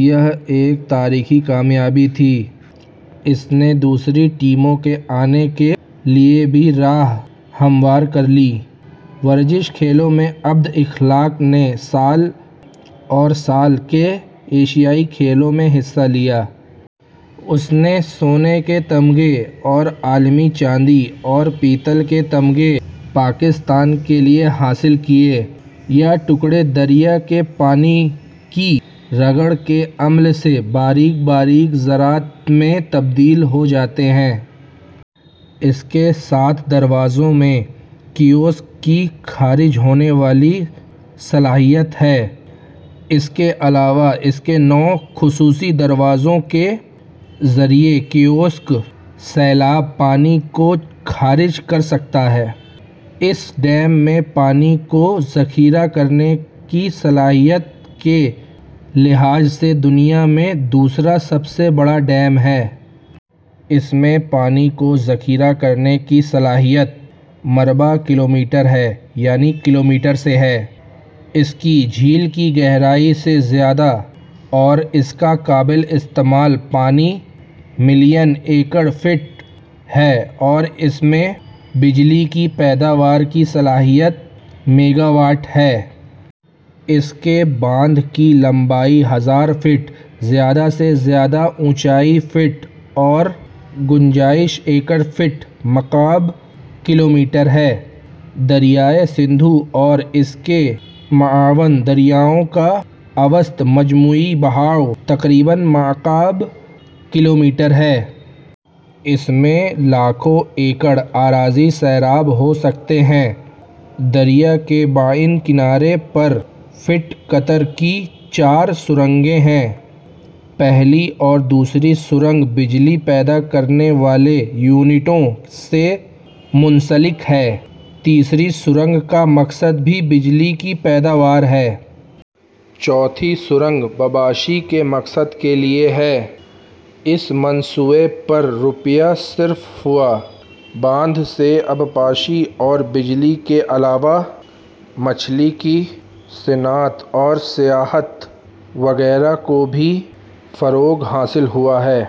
یہ ایک تاریخی کامیابی تھی۔ اس نے دوسری ٹیموں کے آنے کے لیے بھی راہ ہموار کر لی۔ ورزشی کھیلوں میں عبد الخالق نے سال ء اور سال ء کے ایشیائی کھیلوں میں حصہ لیا۔ اس نے سونے کے طمغے اور عالمی چاندی اور پیتل کے طمغے پاکستان کے لیے حاصل کیے۔ یہ ٹکرے دریا کے پانی کی رگڑ کے عمل سے باریک باریک زرات میں تبدیل ہوجاتے ہیں۔ اس کے سات دروازوں میں کیوسک کی خارج ہونے والی صلاحیت ہے۔ اس علاوہ اس کے نو خصوصی دروازوں کے ذریعہ کیوسک سیلابی پانی کو خارج کر سکتا ہے۔ اس ڈیم میں پانی کو ذخیرہ کرنے کی صلاحیت کے لحاظ سے دنیا میں دوسرا سب سے بڑا ڈیم ہے۔ اس میں پانی کو ذخیرہ کرنے کی صلاحیت;; مربع کلومیٹر ہے یعنی کلومیٹر سے ہے۔ اس کی جھیل کی گہرائی, سے زیادہ اور اس کا قابل استعمال پانی ملین ایکڑ فٹ ہے اور اس میں بجلی کی پیداوار کی صلاحیت میگاواٹ ہے۔ اس کے بند کی لمبائی ہزار فٹ، زیادہ سے زیادہ اونچائی فٹ اور گنجائش ایکڑ فٹ مکعب کلومیٹر ہے۔ دریائے سندھ اور اس کے معاون دریاءوں کا اوسط مجموعی بہاءو تقریباً مکعب کلومیٹر ہے۔ اس میں لاکھوں ایکڑ اراضی سیراب ہو سکتی ہے۔ دریا کے بائیں کنارے پر فٹ قطر کی چار سرنگیں ہیں۔ پہلی اور دوسری سرنگ بجلی پیدا کرنے والے یونٹوں سے منسلک ہے۔ تیسری سرنگ کا مقصد بھی بجلی کی پیداوار ہے۔ چوتھی سرنگ; ;بباشی کے مقصد کے لیے ہے۔ اس منصوبے پر; \; روپیہ صرف ہوا۔ بند سے آبپاشی اور بجلی کے علاوہ مچھلی کی صنعت اور سیاحت وغیرہ کو بھی فروغ حاصل ہوا ہے۔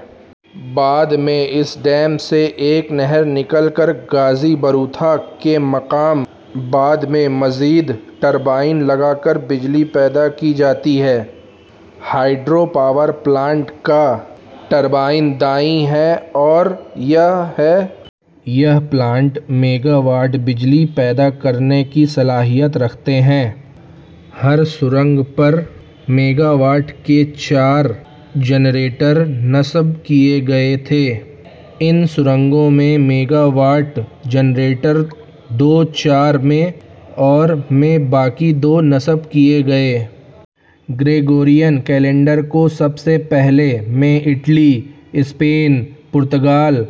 بعد میں اسی ڈیم سے ایک نہر نکال کر غازی بروتھا کے مقام بعد میں مزید ٹربائنیں لگا کر بجلی پیدا کی جاتی ہے۔ ہائیڈرو پاور پلانٹ کا ٹربائیں دائیں ہیں اور یہ ہیں۔ یہ پلانٹ ، میگاواٹ بجلی پیدا کرنے کی صلاحیت رکھتے ہیں۔ ہر سرنگ پر میگاواٹ کے چار جنریٹر نصب کیے گئے تھے۔ ان سرنگوں می میگاواٹ جنریٹرز دو، چار ء میں اور ء میں باقی دو نصب کیے گئے۔ گریگورین کیلنڈر کو سب سے پہلے ء میں اٹلی ، اسپین ، پرتگال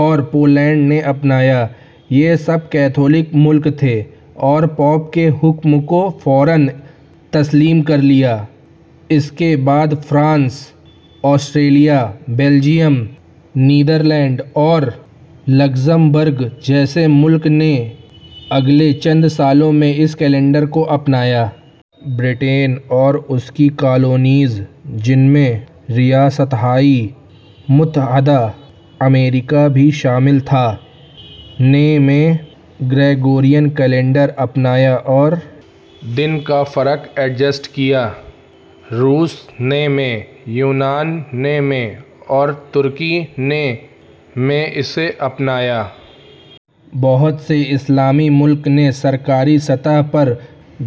اور پولینڈ نے اپنایا۔ یہ سب کیتھولک ممالک تھے اور پوپ کے حکم کو فوراً تسلیم کر لیا۔ اس کے بعد فرانس ، آسٹریا ، بیلجیم ، نیدرلینڈز اور لوکسمبرگ جیسے ممالک نے اگلے چند سالوں میں اس کیلنڈر کو اپنایا۔ برطانیہ اور اس کی کالونیز، جن میں ریاستہائے متحدہ امریکہ بھی شامل تھا، نے ء میں گریگورین کیلنڈر اپنایا اور دن کا فرق ایڈجسٹ کیا۔ روس نے ء میں، یونان نے ء میں اور ترکی نے ء میں اسے اپنایا۔ بہت سے اسلامی ممالک نے سرکاری سطح پر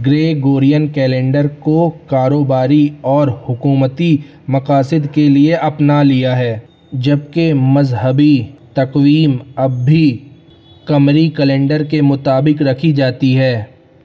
گریگورین کیلنڈر کو کاروباری اور حکومتی مقاصد کے لیے اپنا لیا ہے، جبکہ مذہبی تقویم اب بھی قمری کیلنڈر کے مطابق رکھی جاتی ہے۔